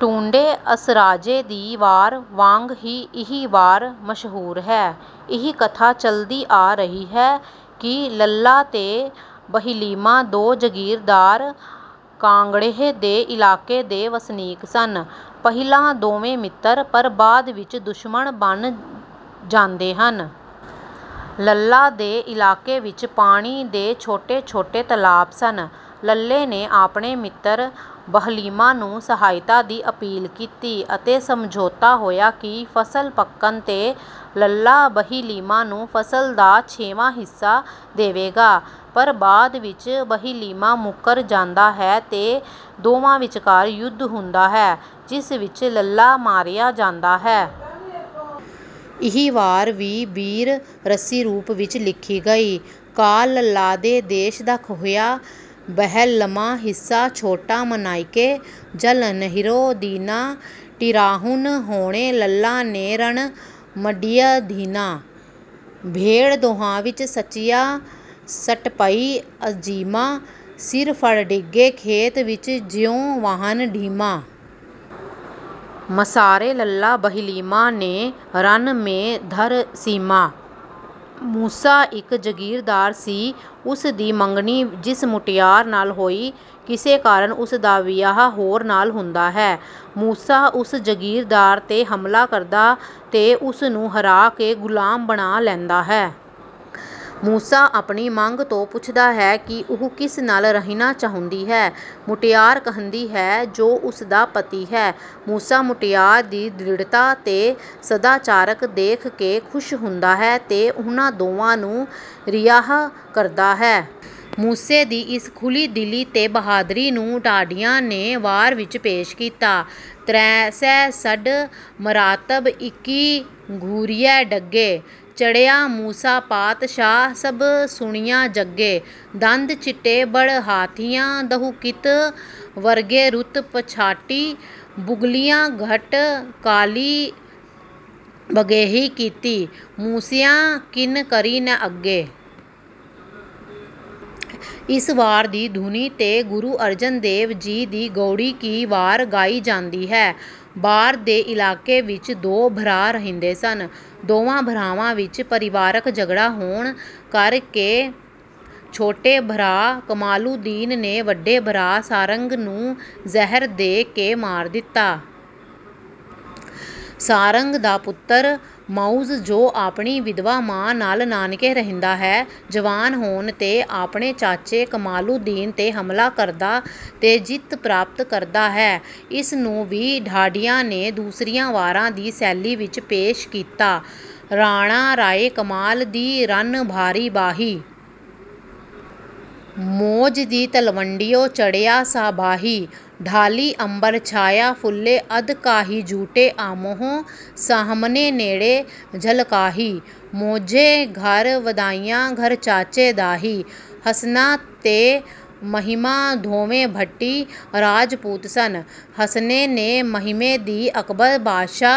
ਟੁੰਡੇ ਅਸਰਾਜੇ ਦੀ ਵਾਰ ਵਾਂਗ ਹੀ ਇਹ ਵਾਰ ਮਸ਼ਹੂਰ ਹੈ। ਇਹ ਕਥਾ ਚਲਦੀ ਆ ਰਹੀ ਹੈ ਕਿ ਲੱਲਾ ਤੇ ਬਹਿਲੀਮਾ ਦੋ ਜਗੀਰਦਾਰ ਕਾਂਗੜੇ੍ਹ ਦੇ ਇਲਾਕੇ ਦੇ ਵਸਨੀਕ ਸਨ। ਪਹਿਲਾ ਦੋਵੇਂ ਮਿੱਤਰ ਪਰ ਬਾਅਦ ਵਿੱਚ ਦੁਸ਼ਮਣ ਬਣ ਜਾਂਦੇ ਹਨ। ਲੱਲਾ ਦੇ ਇਲਾਕੇ ਵਿੱਚ ਪਾਣੀ ਦੇ ਛੋਟੇ-ਛੋਟੇ ਤਲਾਬ ਸਨ। ਲੱਲੇ ਨੇ ਆਪਣੇ ਮਿੱਤਰ ਬਹਲੀਮਾ ਨੂੰ ਸਹਾਇਤਾ ਦੀ ਅਪੀਲ ਕੀਤੀ ਅਤੇ ਸਮਝੋਤਾ ਹੋਇਆ ਕਿ ਫਸਲ ਪੱਕਣ ਤੇ ਲੱਲਾ ਬਹਿਲੀਮਾ ਨੂੰ ਫਸਲ ਦਾ ਛੇਵਾਂ ਹਿੱਸਾ ਦੇਵੇਗਾ ਪਰ ਬਾਅਦ ਵਿੱਚ ਬਹਿਲੀਮਾ ਮੁ਼ੱਕਰ ਜਾਂਦਾ ਹੈ ਤੇ ਦੋਵਾਂ ਵਿਚਕਾਰ ਯੁੱਧ ਹੁੰਦਾ ਹੈ ,ਜਿਸ ਵਿੱਚ ਲੱਲਾ ਮਾਰਿਆ ਜਾਂਦਾ ਹੈ। ਇਹ ਵਾਰ ਵੀ ਬੀਰ ਰਸੀ ਰੂਪ ਵਿੱਚ ਲਿਖੀ ਗਈ। ਕਾਲ ਲੱਲਾ ਦੇ ਦੇਸ਼ ਦਾ ਖੋਹਿਆਂ ਬਹਿਲਮਾਹਿੱਸਾ ਛੋਟਾ ਮਨਾਇੱਕੈ, ਜਲ ਨਹਿਰੋਂ ਦੀਨਾਟਿਰਾਹੁਨ ਹੋਣੇ ਲੱਲਾ ਨੇ ਰਣ ਮੰਡਿਅ ਧੀਨਾ। ਭੇੜ ਦੋਹਾਂ ਵਿੱਚ ਸੱਚਿਆ ਸੱਟ ਪਈ ਅਜੀਮਾਂ, ਸਿਰ ਫੜ੍ਹ ਡਿੱਗੇ ਖੇਤ ਵਿੱਚ ਜਿਉਂ ਵਾਹਣ ਢੀਮਾਂ। ਮਸਾਰੇ ਲੱਲਾ ਬਹਿਲੀਮਾ ਨੇ ਰਣ ਮੇ ਧਰ ਸੀਮਾ। ਮੂਸਾ ਇੱਕ ਜਗੀਰਦਾਰ ਸੀ ਉਸ ਦੀ ਮੰਗਣੀ ਜਿਸ ਮੁਟਿਆਰ ਨਾਲ ਹੋਈ, ਕਿਸੇ ਕਾਰਨ ਉਸਦਾ ਵਿਆਹ ਹੋਰ ਨਾਲ ਹੁੰਦਾ ਹੈ। ਮੂਸਾ ਉਸ ਜਗੀਰਦਾਰ ਤੇ ਹਮਲਾ ਕਰਦਾ ਤੇ ਉਸਨੂੰ ਹਰਾ ਕੇ ਗੁਲਾਮ ਬਣਾ ਲੈਂਦਾ ਹੈ। ਮੂਸਾ ਆਪਣੀ ਮੰਗ ਤੋਂ ਪੁੱਛਦਾ ਹੈ ਕਿ ਉਹ ਕਿਸ ਨਾਲ ਰਹਿਣਾ ਚਾਹੁੰਦੀ ਹੈ। ਮੁਟਿਆਰ ਕਹਿੰਦੀ ਹੈ ਜੋ ਉਸ ਦਾ ਪਤੀ ਹੈ। ਮੂਸਾ ਮੁਟਿਆਰ ਦੀ ਦ੍ਰਿੜਤਾ ਤੇ ਸਦਾਚਾਰਕ ਦੇਖ ਕੇ ਖੁਸ਼ ਹੁੰਦਾ ਹੈ, ਤੇ ਉਹਨਾਂ ਦੋਵਾਂ ਨੂੰ ਰਿਹਾਅ ਕਰਦਾ ਹੈ। ਮੂਸੇ ਦੀ ਇਸ ਖੁੱਲੀ ਦਿਲੀ ਤੇ ਬਹਾਦਰੀ ਨੂੰ ਢਾਡੀਆਂ ਨੇ ਵਾਰ ਵਿੱਚ ਪੇਸ਼ ਕੀਤਾ। ਤ੍ਰੈ ਸੈ ਸਡ ਮਰਾਤਬ ਇਕਿ ਘੁਰਿਐ ਡਗੇ। ਚੜ੍ਹਿਆ ਮੂਸਾ ਪਾਤਸ਼ਾਹ ਸਭ ਸੁਣਿਆ ਜਗੇ। ਦੰਦ ਚਿੱਟੇ ਬੜ ਹਾਥੀਆਂ ਦਹੁ ਕਿਤ ਵਰਗੇਰੁਤ ਪਛਾਟੀ ਬਗੁਲਿਆ ਘਟ ਕਾਲੀ ਬਗੇੇਏਹੀ ਕੀਤੀ ਮੂਸਿਆ ਕਿਨ ਕਰੀ ਨ ਅੱਗੇ। ਇਸ ਵਾਰ ਦੀ ਧੁਨੀ ਤੇ ਗੁਰੂ ਅਰਜਨ ਦੇਵ ਜੀ ਦੀ ਗਉੜ੍ਹੀ ਕੀ ਵਾਰ ਗਾਈ ਜਾਂਦੀ ਹੈ। ਬਾਰ ਦੇ ਇਲਾਕੇ ਵਿੱਚ ਦੋ ਭਰਾ ਰਹਿੰਦੇ ਸਨ। ਦੋਵਾਂ ਭਰਾਵਾਂ ਵਿੱਚ ਪਰਿਵਾਰਕ ਝਗੜ੍ਹਾ ਹੋਣ ਕਰਕੇ ਛੋਟੇ ਭਰਾ ਕਮਾਲੁਦੀਨ ਨੇ ਵੱਡੇ ਭਰਾ ਸਾਰੰਗ ਨੂੰ ਜ਼ਹਿਰ ਦੇ ਕੇ ਮਾਰ ਦਿੱਤਾ। ਸਾਰੰਗ ਦਾ ਪੁੱਤਰ ਮਉਜ਼ ਜੋ ਆਪਣੀ ਵਿਧਵਾ ਮਾਂ ਨਾਲ ਨਾਨਕੇ ਰਹਿੰਦਾ ਹੈ ਜਵਾਨ ਹੋਣ ਤੇ ਆਪਣੇ ਚਾਚੇ ਕਮਾਲੁਦੀਨ ਤੇ ਹਮਲਾ ਕਰਦਾ ਤੇ ਜਿੱਤ ਪ੍ਰਾਪਤ ਕਰਦਾ ਹੈ ਇਸਨੂੰ ਵੀ ਢਾਡੀਆਂ ਨੇ ਦੂਸਰੀਆਂ ਵਾਰਾ ਦੀ ਸੈਲੀ ਵਿੱਚ ਪੇਸ਼ ਕੀਤਾ, ਰਾਣਾ ਰਾਇ ਕਮਾਲ ਦੀ ਰਣ ਭਾਰੀ ਬਾਹੀ। ਮੌਜ਼ ਦੀ ਤਲਵੰਡੀਓ ਚੜ੍ਹਿਆਂ ਸਾਬਾਹੀ। ਢਾਲੀ ਅੰਬਰ ਛਾਇਆ ਫੁੱਲੇ ਅਦ ਕਾਹੀਜੁੱਟੇ ਆਮੋ੍ਹ ਸਾਹਮਣੇ ਨੇੜ੍ਹੇ ਝਲਕਾਹੀ। ਮੌਜੇ ਘਰ ਵਧਾਈਆਂ ਘਰ ਚਾਚੇ ਧਾਹੀ। ਹਸਨਾ ਤੇ ਮਹਿਮਾ ਦੋਵੇ ਭੱਟੀ ਰਾਜਪੂਤ ਸਨ ਹਸਨੇ ਨੇ ਮਹਿਮੇ ਦੀ ਅਕਬਰ ਬਾਦਸ਼ਾਹ